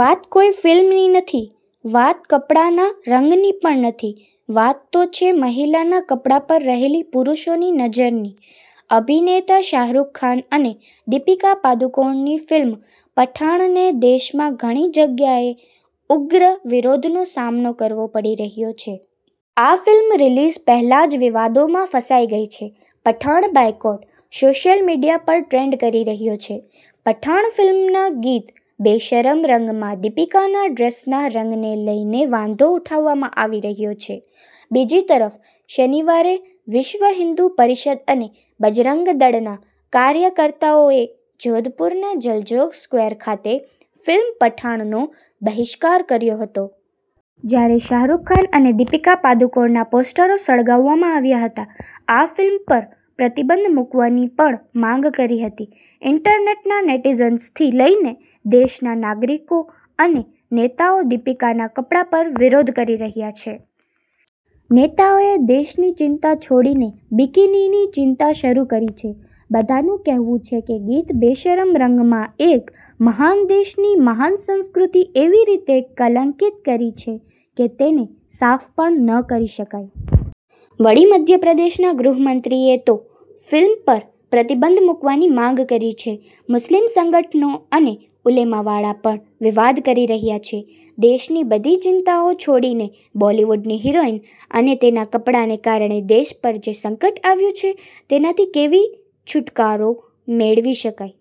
વાત કોઈ ફિલ્મની નથી વાત કપડાના રંગની પણ નથી, વાત તો છે મહિલાના કપડા પર રહેલી પુરુષોની નજરની. અભિનેતા શાહરૂખ ખાન અને દીપિકા પાદુકોણની ફિલ્મ પઠાણને દેશમાં ઘણી જગ્યાએ ઉગ્ર વિરોધનો સામનો કરવો પડી રહ્યો છે. આ ફિલ્મ રિલીઝ પહેલા જ વિવાદોમાં ફસાઈ ગઈ છે. 'પઠાણ બોયકોટ' સોશિયલ મીડિયા પર ટ્રેન્ડ કરી રહ્યો છે. પઠાણ ફિલ્મના ગીત 'બેશરમ રંગ'માં દીપિકાના ડ્રેસના રંગને લઈને વાંધો ઉઠાવવામાં આવી રહ્યો છે. બીજી તરફ શનિવારે વિશ્વ હિન્દુ પરિષદ અને બજરંગ દળના કાર્યકર્તાઓએ જોધપુરના જલજોગ સ્ક્વેર ખાતે ફિલ્મ પઠાણનો બહિષ્કાર કર્યો હતો. જ્યારે શાહરૂખ ખાન અને દીપિકા પાદુકોણના પોસ્ટરો સળગાવવામાં આવ્યા હતા. આ ફિલ્મ પર પ્રતિબંધ મૂકવાની પણ માંગ કરી હતી. ઈન્ટરનેટના નેટીઝન્સથી લઈને દેશના નાગરિકો અને નેતાઓ દીપિકાના કપડા પર વિરોધ કરી રહ્યા છે. નેતાઓએ દેશની ચિંતા છોડીને બિકિનીની ચિંતા શરૂ કરી છે. બધાનું કહેવું છે કે, ગીત 'બેશરમ રંગ'માં એક મહાન દેશની મહાન સંસ્કૃતિ એવી રીતે કલંકીત કરી છે કે તેને સાફ પણ ન કરી શકાય. વળી મધ્યપ્રદેશના ગૃહમંત્રીએ તો ફિલ્મ પર પ્રતિબંધ મૂકવાની માગ કરી છે. મુસ્લિમ સંગઠનો અને ઉલેમા વાળા પણ વિવાદ કરી રહ્યા છે. દેશની બધી ચિંતાઓ છોડીને બોલિવૂડની હિરોઈન અને તેના કપડાને કારણે દેશ પર જે સંકટ આવ્યું છે તેનાથી કેવી છુટકારો મેળવી શકાય?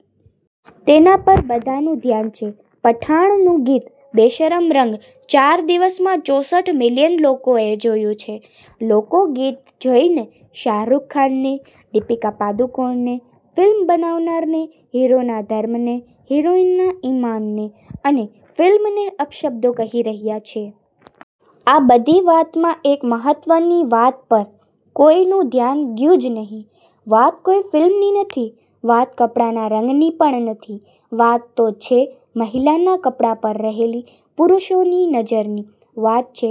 તેના પર બધાનું ધ્યાન છે. પઠાણનું ગીત 'બેશરમ રંગ' ચાર દિવસમાં ચોસઠ મિલિયન લોકોએ જોયું છે. લોકો ગીત જોઇને શાહરૂખ ખાનને, દીપિકા પદુકોણને, ફિલ્મ બનાવનારને, હિરોના ધર્મને, હિરોઈનના ઈમાનને અને ફિલ્મને અપશબ્દો કહી રહ્યા છે. આ બધી વાતમાં એક મહત્વની વાત પર કોઈનું ધ્યાન ગ્યુજ નહી. વાત કોઈ ફિલ્મની નથી. વાત કપડાના રંગની પણ નથી વાત તો છે મહિલાના કપડાં પર રહેલી પુરુષોની નજરની. વાત છે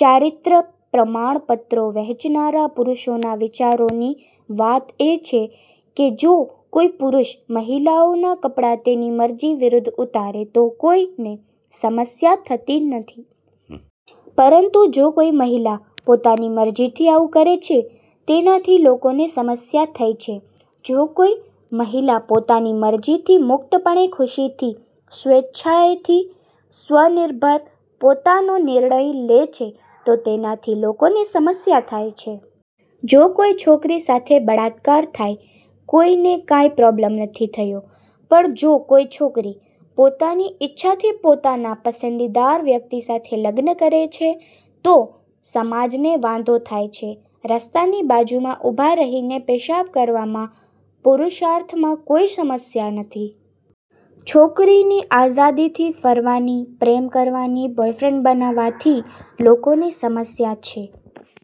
ચારિત્ર્ય પ્રમાણપત્રો વહેંચનારા પુરુષોના વિચારોની વાત એ છે કે જો કોઈ પુરુષ મહિલાઓના કપડા તેની મરજી વિરુધ ઉતારે તો કોઈને સમસ્યા થતી નથી. પરંતુ જો કોઈ મહિલા પોતાની મરજીથી આવું કરે છે તેનાથી લોકોને સમસ્યા થઇ છે. જો કોઈ મહિલા પોતાની મરજીથી, મુક્તપણે, ખુશીથી, સ્વેચ્છાએ, સ્વ-નિર્ભર, પોતાનો નિર્ણય લે છે તો તેનાથી લોકોને સમસ્યા થાય છે. જો કોઈ છોકરી સાથે બળાત્કાર થાય ,કોઈને કાય પ્રોબ્લેમ નથી થયો પણ જો કોઈ છોકરી પોતાની ઈચ્છાથી પોતાના પસંદીદાર વ્યક્તિ સાથે લગ્ન કરે તો સમાજને વાંધો થાય છે. રસ્તાની બાજુમાં ઉભા રહીને પેશાબ કરવામાં પુરૂષાર્થમાં કોઈ સમસ્યા નથી. છોકરીની આઝાદીથી ફરવાની, પ્રેમ કરવાની, બોયફ્રેન્ડ બનાવવાથી લોકોને સમસ્યા છે.